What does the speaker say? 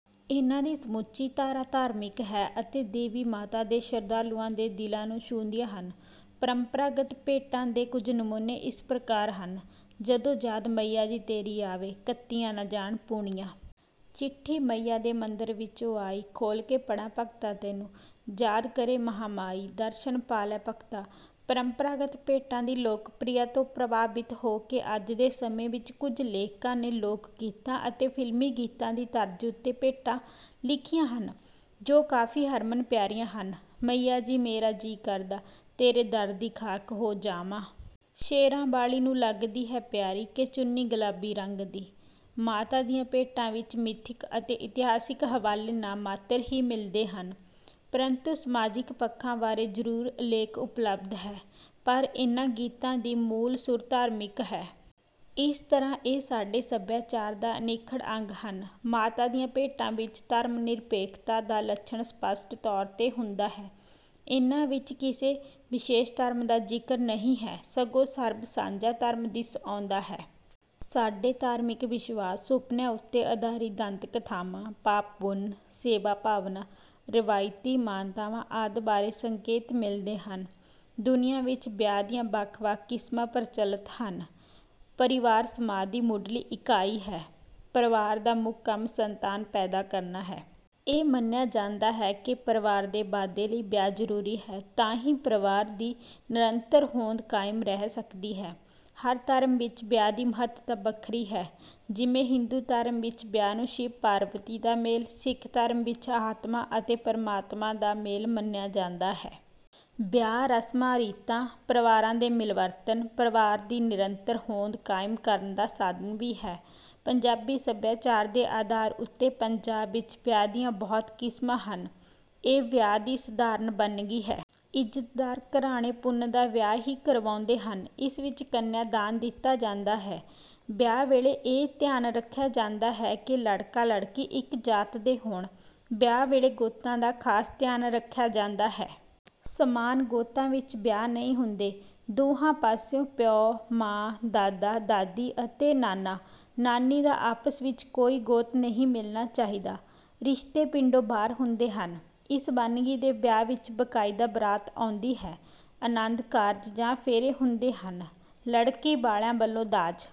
ਇਹਨਾਂ ਦੀ ਸਮੁੱਚੀ ਧਾਰਾ ਧਾਰਮਿਕ ਹੈ ਅਤੇ ਦੇਵੀ ਮਾਤਾ ਦੇ ਸ਼ਰਧਾਲੂਆਂ ਦੇ ਦਿਲਾਂ ਨੂੰ ਛੂਹਦੀਆਂ ਹਨ। ਪਰੰਪਰਾਗਤ ਭੇਟਾਂ ਦੇ ਕੁਝ ਨਮੂਨੇ ਇਸ ਪ੍ਰਕਾਰ ਹਨ: "ਜਦੋਂ ਯਾਦ ਮਈਆ ਜੀ ਤੇਰੀ ਆਵੇ, ਕੱਤੀਆਂ ਨਾ ਜਾਣ ਪੂਣੀਆਂ। ਚਿੱਠੀ ਮਈਆ ਦੇ ਮੰਦਰ ਵਿੱਚੋਂ ਆਈ, ਖੋਲ੍ਹ ਕੇ ਪੜ੍ਹਾਂ ਭਗਤਾ ਤੈਨੂੰ। ਯਾਦ ਕਰੇ ਮਹਾਂ ਮਾਈ, ਦਰਸ਼ਨ ਪਾ ਲੈ ਭਗਤਾ"।ਪਰੰਪਰਾਗਤ ਭੇਟਾਂ ਦੀ ਲੋਕਪ੍ਰਿਯਤਾ ਤੋਂ ਪ੍ਰਭਾਵਿਤ ਹੋ ਕੇ ਅੱਜ ਦੇ ਸਮੇਂ ਵਿੱਚ ਕੁਝ ਲੇਖਕਾਂ ਨੇ ਲੋਕ ਗੀਤਾਂ ਅਤੇ ਫ਼ਿਲਮੀ ਗੀਤਾਂ ਦੀ ਤਰਜ਼ ਉੱਤੇ ਭੇਟਾਂ ਲਿਖੀਆਂ ਹਨ, ਜੋ ਕਾਫ਼ੀ ਹਰਮਨ ਪਿਆਰੀਆਂ ਹਨ: "ਮਈਆ ਜੀ ਮੇਰਾ ਜੀ ਕਰਦਾ, ਤੇਰੇ ਦਰ ਦੀ ਖਾਕ ਹੋ ਜਾਵਾਂ"। "ਸ਼ੇਰਾਂ ਵਾਲ਼ੀ ਨੂੰ ਲੱਗਦੀ ਹੈ ਪਿਆਰੀ, ਕਿ ਚੁੰਨੀ ਗੁਲਾਬੀ ਰੰਗ ਦੀ"। ਮਾਤਾ ਦੀਆਂ ਭੇਟਾਂ ਵਿੱਚ ਮਿਥਕ ਅਤੇ ਇਤਿਹਾਸਕ ਹਵਾਲੇ ਨਾਮਾਤਰ ਹੀ ਮਿਲਦੇ ਹਨ। ਪਰੰਤੂ ਸਮਾਜਿਕ ਪੱਖਾਂ ਬਾਰੇ ਜ਼ਰੂਰ ਉੱਲੇਖ ਉਪਲਬਧ ਹੈ। ਪਰ ਇਹਨਾਂ ਗੀਤਾਂ ਦੀ ਮੂਲ ਸੁਰ ਧਾਰਮਿਕ ਹੈ। ਇਸ ਤਰ੍ਹਾਂ ਇਹ ਸਾਡੇ ਸਭਿਆਚਾਰ ਦਾ ਅਨਿੱਖੜ ਅੰਗ ਹਨ। ਮਾਤਾ ਦੀਆਂ ਭੇਟਾਂ ਵਿੱਚ ਧਰਮ-ਨਿਰਪੇਖਤਾ ਦਾ ਲੱਛਣ ਸਪੱਸ਼ਟ ਤੌਰ 'ਤੇ ਹੁੰਦਾ ਹੈ। ਇਹਨਾਂ ਵਿੱਚ ਕਿਸੇ ਵਿਸ਼ੇਸ਼ ਧਰਮ ਦਾ ਜ਼ਿਕਰ ਨਹੀਂ ਹੈ। ਸਗੋਂ ਸਰਬ ਸਾਂਝਾ ਧਰਮ ਦਿਸ ਆਉਂਦਾ ਹੈ। ਸਾਡੇ ਧਾਰਮਿਕ ਵਿਸ਼ਵਾਸ, ਸੁਪਨਿਆਂ ਉੱਤੇ ਆਧਾਰਿਤ ਦੰਤ ਕਥਾਵਾਂ, ਪਾਪ-ਪੁੰਨ, ਸੇਵਾ ਭਾਵਨਾ, ਰਵਾਇਤੀ ਮਾਨਤਾਵਾਂ ਆਦਿ ਬਾਰੇ ਸੰਕੇਤ ਮਿਲਦੇ ਹਨ। ਦੁਨੀਆਂ ਵਿੱਚ ਵਿਆਹ ਦੀਆਂ ਵੱਖ-ਵੱਖ ਕਿਸਮਾਂ ਪ੍ਰਚਲਤ ਹਨ। ਪਰਿਵਾਰ ਸਮਾਜ ਦੀ ਮੁੱਢਲੀ ਇਕਾਈ ਹੈ। ਪਰਿਵਾਰ ਦਾ ਮੁੱਖ ਕੰਮ ਸੰਤਾਨ ਪੈਦਾ ਕਰਨਾ ਹੈ। ਇਹ ਮੰਨਿਆ ਜਾਂਦਾ ਹੈ ਕਿ ਪਰਿਵਾਰ ਦੇ ਵਾਧੇ ਲਈ ਵਿਆਹ ਜ਼ਰੂਰੀ ਹੈ, ਤਾਂ ਹੀ ਪਰਿਵਾਰ ਦੀ ਨਿਰੰਤਰ ਹੋਂਦ ਕਾਇਮ ਰਹਿ ਸਕਦੀ ਹੈ। ਹਰ ਧਰਮ ਵਿੱਚ ਵਿਆਹ ਦੀ ਮਹੱਤਤਾ ਵੱਖਰੀ ਹੈ। ਜਿਵੇਂ ਹਿੰਦੂ ਧਰਮ ਵਿੱਚ ਵਿਆਹ ਨੂੰ ਸ਼ਿਵ-ਪਾਰਬਤੀ ਦਾ ਮੇਲ, ਸਿੱਖ ਧਰਮ ਵਿੱਚ ਆਤਮਾ ਅਤੇ ਪਰਮਾਤਮਾ ਦਾ ਮੇਲ ਮੰਨਿਆ ਜਾਂਦਾ ਹੈ। ਵਿਆਹ ਰਸਮਾਂ-ਰੀਤਾਂ, ਪਰਿਵਾਰਾਂ ਦੇ ਮਿਲਵਰਤਨ, ਪਰਿਵਾਰ ਦੀ ਨਿਰੰਤਰ ਹੋਂਦ ਕਾਇਮ ਕਰਨ ਦਾ ਸਾਧਨ ਵੀ ਹੈ। ਪੰਜਾਬੀ ਸਭਿਆਚਾਰ ਦੇ ਆਧਾਰ ਉੱਤੇ ਪੰਜਾਬ ਵਿੱਚ ਵਿਆਹ ਦੀਆਂ ਬਹੁਤ ਕਿਸਮਾਂ ਹਨ। ਇਹ ਵਿਆਹ ਦੀ ਸਾਧਾਰਨ ਵੰਨਗੀ ਹੈ। ਇੱਜ਼ਤਦਾਰ ਘਰਾਣੇ ਪੁੰਨ ਦਾ ਵਿਆਹ ਹੀ ਕਰਵਾਉਂਦੇ ਹਨ। ਇਸ ਵਿੱਚ ਕੰਨਿਆ ਦਾਨ ਦਿੱਤਾ ਜਾਂਦਾ ਹੈ। ਵਿਆਹ ਵੇਲੇ ਇਹ ਧਿਆਨ ਰੱਖਿਆ ਜਾਂਦਾ ਹੈ ਕਿ ਲੜਕਾ-ਲੜਕੀ ਇੱਕ ਜਾਤ ਦੇ ਹੋਣ। ਵਿਆਹ ਵੇਲੇ ਗੋਤਾਂ ਦਾ ਖਾਸ ਧਿਆਨ ਰੱਖਿਆ ਜਾਂਦਾ ਹੈ। ਸਮਾਨ ਗੋਤਾਂ ਵਿੱਚ ਵਿਆਹ ਨਹੀਂ ਹੁੰਦੇ। ਦੋਹਾਂ ਪਾਸਿਓਂ ਪਿਓ, ਮਾਂ, ਦਾਦਾ, ਦਾਦੀ ਅਤੇ ਨਾਨਾ, ਨਾਨੀ ਦਾ ਆਪਸ ਵਿੱਚ ਕੋਈ ਗੋਤ ਨਹੀਂ ਮਿਲਣਾ ਚਾਹੀਦਾ। ਰਿਸ਼ਤੇ ਪਿੰਡੋਂ ਬਾਹਰ ਹੁੰਦੇ ਹਨ। ਇਸ ਵੰਨਗੀ ਦੇ ਵਿਆਹ ਵਿੱਚ ਬਕਾਇਦਾ ਬਰਾਤ ਆਉਂਦੀ ਹੈ, ਅਨੰਦ ਕਾਰਜ ਜਾਂ ਫੇਰੇ ਹੁੰਦੇ ਹਨ। ਲੜਕੀ ਵਾਲਿਆਂ ਵੱਲੋਂ ਦਾਜ